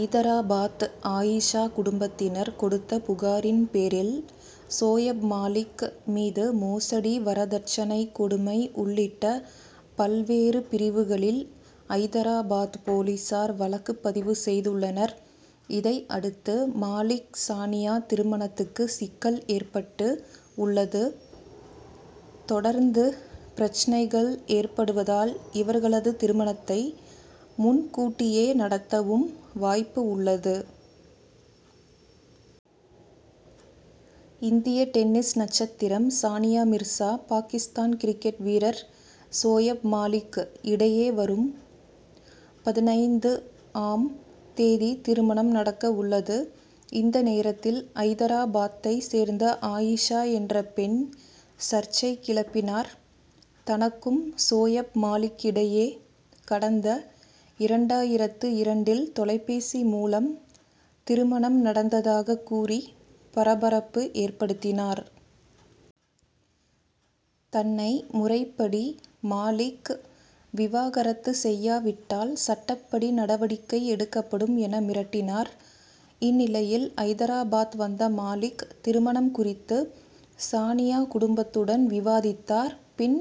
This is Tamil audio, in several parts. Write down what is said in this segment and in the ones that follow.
ஐதராபாத் ஆயிஷா குடும்பத்தினர் கொடுத்த புகாரின் பேரில் சோயப் மாலிக் மீது மோசடி வரதட்சணை கொடுமை உள்ளிட்ட பல்வேறு பிரிவுகளில் ஐதராபாத் போலீசார் வழக்கு பதிவு செய்துள்ளனர். இதை அடுத்து மாலிக்-சானியா திருமணத்துக்கு சிக்கல் ஏற்பட்டு உள்ளது. தொடர்ந்து பிரச்னைகள் ஏற்படுவதால் இவர்களது திருமணத்தை முன்கூட்டியே நடத்தவும் வாய்ப்பு உள்ளது. இந்திய டென்னிஸ் நட்சத்திரம் சானியா மிர்சா பாகிஸ்தான் கிரிக்கெட் வீரர் சோயப் மாலிக் இடையே வரும் பதினைந்து ஆம் தேதி திருமணம் நடக்க உள்ளது. இந்த நேரத்தில் ஐதராபாத்தை சேர்ந்த ஆயிஷா என்ற பெண் சர்ச்சை கிளப்பினார். தனக்கும் சோயப் மாலிக் இடையே கடந்த இரண்டாயிரத்து இரண்டில் தொலைபேசி மூலம் திருமணம் நடந்ததாக கூறி பரபரப்பு ஏற்படுத்தினார். தன்னை முறைப் படி மாலிக் விவாகரத்து செய்யாவிட்டால் சட்டப்படி நடவடிக்கை எடுக்கப்படும் என மிரட்டினார். இந்நிலையில் ஐதராபாத் வந்த மாலிக் திருமணம் குறித்து சானியா குடும்பத்துடன் விவாதித்தார். பின்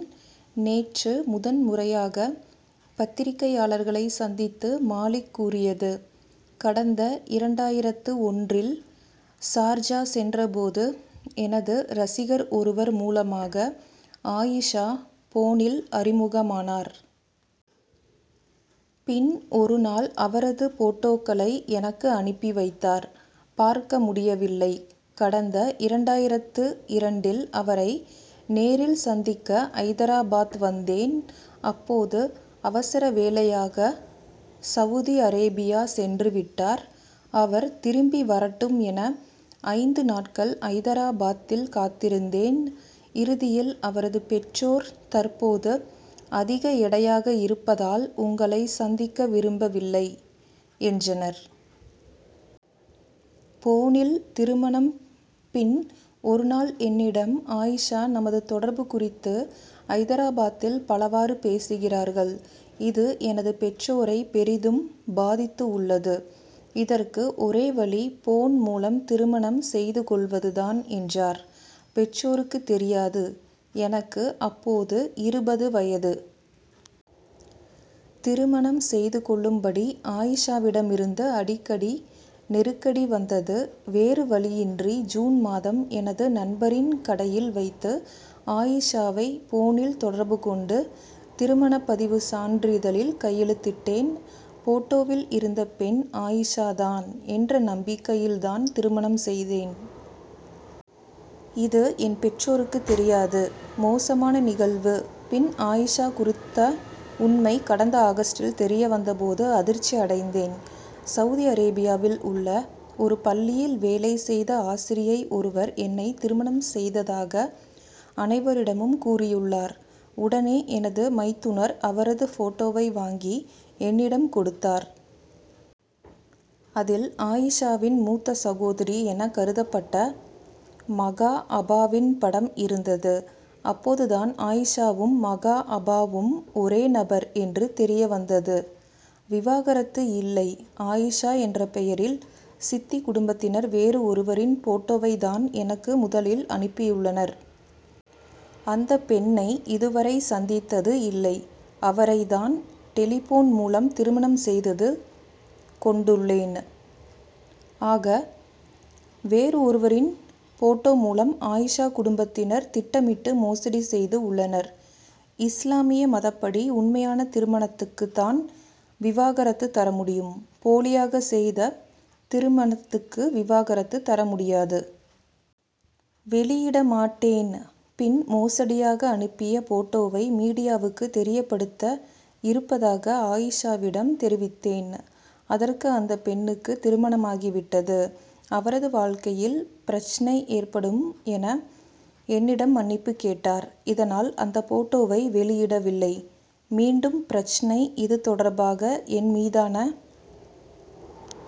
நேற்று முதன் முறையாக பத்திரிகையாளர்களை சந்தித்து மாலிக் கூறியது: கடந்த இரண்டாயிரத்து ஒன்று இல் சார்ஜா சென்ற போது எனது ரசிகர் ஒருவர் மூலமாக ஆயிஷா போனில் அறிமுகமானார். பின் ஒருநாள் அவரது போட்டோக்களை எனக்கு அனுப்பி வைத்தார். பார்க்க முடியவில்லை கடந்த இரண்டாயிரத்து இரண்டில் அவரை நேரில் சந்திக்க ஐதராபாத் வந்தேன். அப்போது அவசர வேலையாக சவுதி அரேபியா சென்றுவிட்டார். அவர் திரும்பி வரட்டும் என ஐந்து நாட்கள் ஐதராபாத்தில் காத்திருந்தேன். இறுதியில் அவரது பெற்றோர் தற்போது அதிக எடையாக இருப்பதால் உங்களை சந்திக்க விரும்ப வில்லை என்றனர். போனில் திருமணம் பின் ஒருநாள் என்னிடம் ஆயிஷா நமது தொடர்பு குறித்து ஐதராபாத்தில் பலவாறு பேசுகிறார்கள். இது எனது பெற்றோரை பெரிதும் பாதித்து உள்ளது. இதற்கு ஒரே வழி போன் மூலம் திருமணம் செய்து கொள்வது தான் என்றார். பெற்றோருக்கு தெரியாது எனக்கு அப்போது இருபது வயது. திருமணம் செய்து கொள்ளும் படி ஆயிஷாவிடம் இருந்து அடிக்கடி நெருக்கடி வந்தது. வேறுவழியின்றி ஜூன் மாதம் எனது நண்பரின் கடையில் வைத்து ஆயிஷாவை போனில் தொடர்பு கொண்டு திருமணப்பதிவு சான்றிதழில் கையெழுத்திட்டேன். போட்டோவில் இருந்த பெண் ஆயிஷா தான் என்ற நம்பிக்கையில் தான் திருமணம் செய்தேன். இது என் பெற்றோருக்கு தெரியாது. மோசமான நிகழ்வு பின் ஆயிஷா குறித்த உண்மை கடந்த ஆகஸ்டில் தெரிய வந்த போது அதிர்ச்சி அடைந்தேன். சவுதி அரேபியாவில் உள்ள ஒரு பள்ளியில் வேலை செய்த ஆசிரியை ஒருவர் என்னைத் திருமணம் செய்ததாக அனைவரிடமும் கூறியுள்ளார். உடனே எனது மைத்துனர் அவரது போட்டோவை வாங்கி என்னிடம் கொடுத்தார். அதில் ஆயிஷாவின் மூத்த சகோதரி என கருதப்பட்ட மகா அபாவின் படம் இருந்தது. அப்போது தான் ஆயிஷாவும் மகா அபாவும் ஒரே நபர் என்று தெரிய வந்தது. விவாகரத்து இல்லை ஆயிஷா என்ற பெயரில் சித்திக் குடும்பத்தினர் வேறு ஒருவரின் போட்டோவை தான் எனக்கு முதலில் அனுப்பியுள்ளனர். அந்த பெண்ணை இதுவரை சந்தித்தது இல்லை. அவரை தான் டெலிபோன் மூலம் திருமணம் செய்தது கொண்டுள்ளேன். ஆக வேறு ஒருவரின் போட்டோ மூலம் ஆயிஷா குடும்பத்தினர் திட்டமிட்டு மோசடி செய்து உள்ளனர். இஸ்லாமிய மதப்படி உண்மையான திருமணத்துக்குத் தான் விவாகரத்து தரமுடியும். போலியாக செய்த திருமணத்துக்கு விவாகரத்து தர முடியாது. வெளியிட மாட்டேன் பின் மோசடியாக அனுப்பிய போட்டோவை மீடியாவுக்கு தெரியப் படுத்த இருப்பதாக ஆயிஷா விடம் தெரிவித்தேன். அதற்கு அந்த பெண்ணுக்கு திருமணமாகி விட்டது. அவரது வாழ்க்கையில் பிரச்னை ஏற்படும் என என்னிடம் மன்னிப்பு கேட்டார். இதனால் அந்த போட்டோவை வெளியிட வில்லை மீண்டும் பிரச்னை இது தொடர்பாக என்மீதான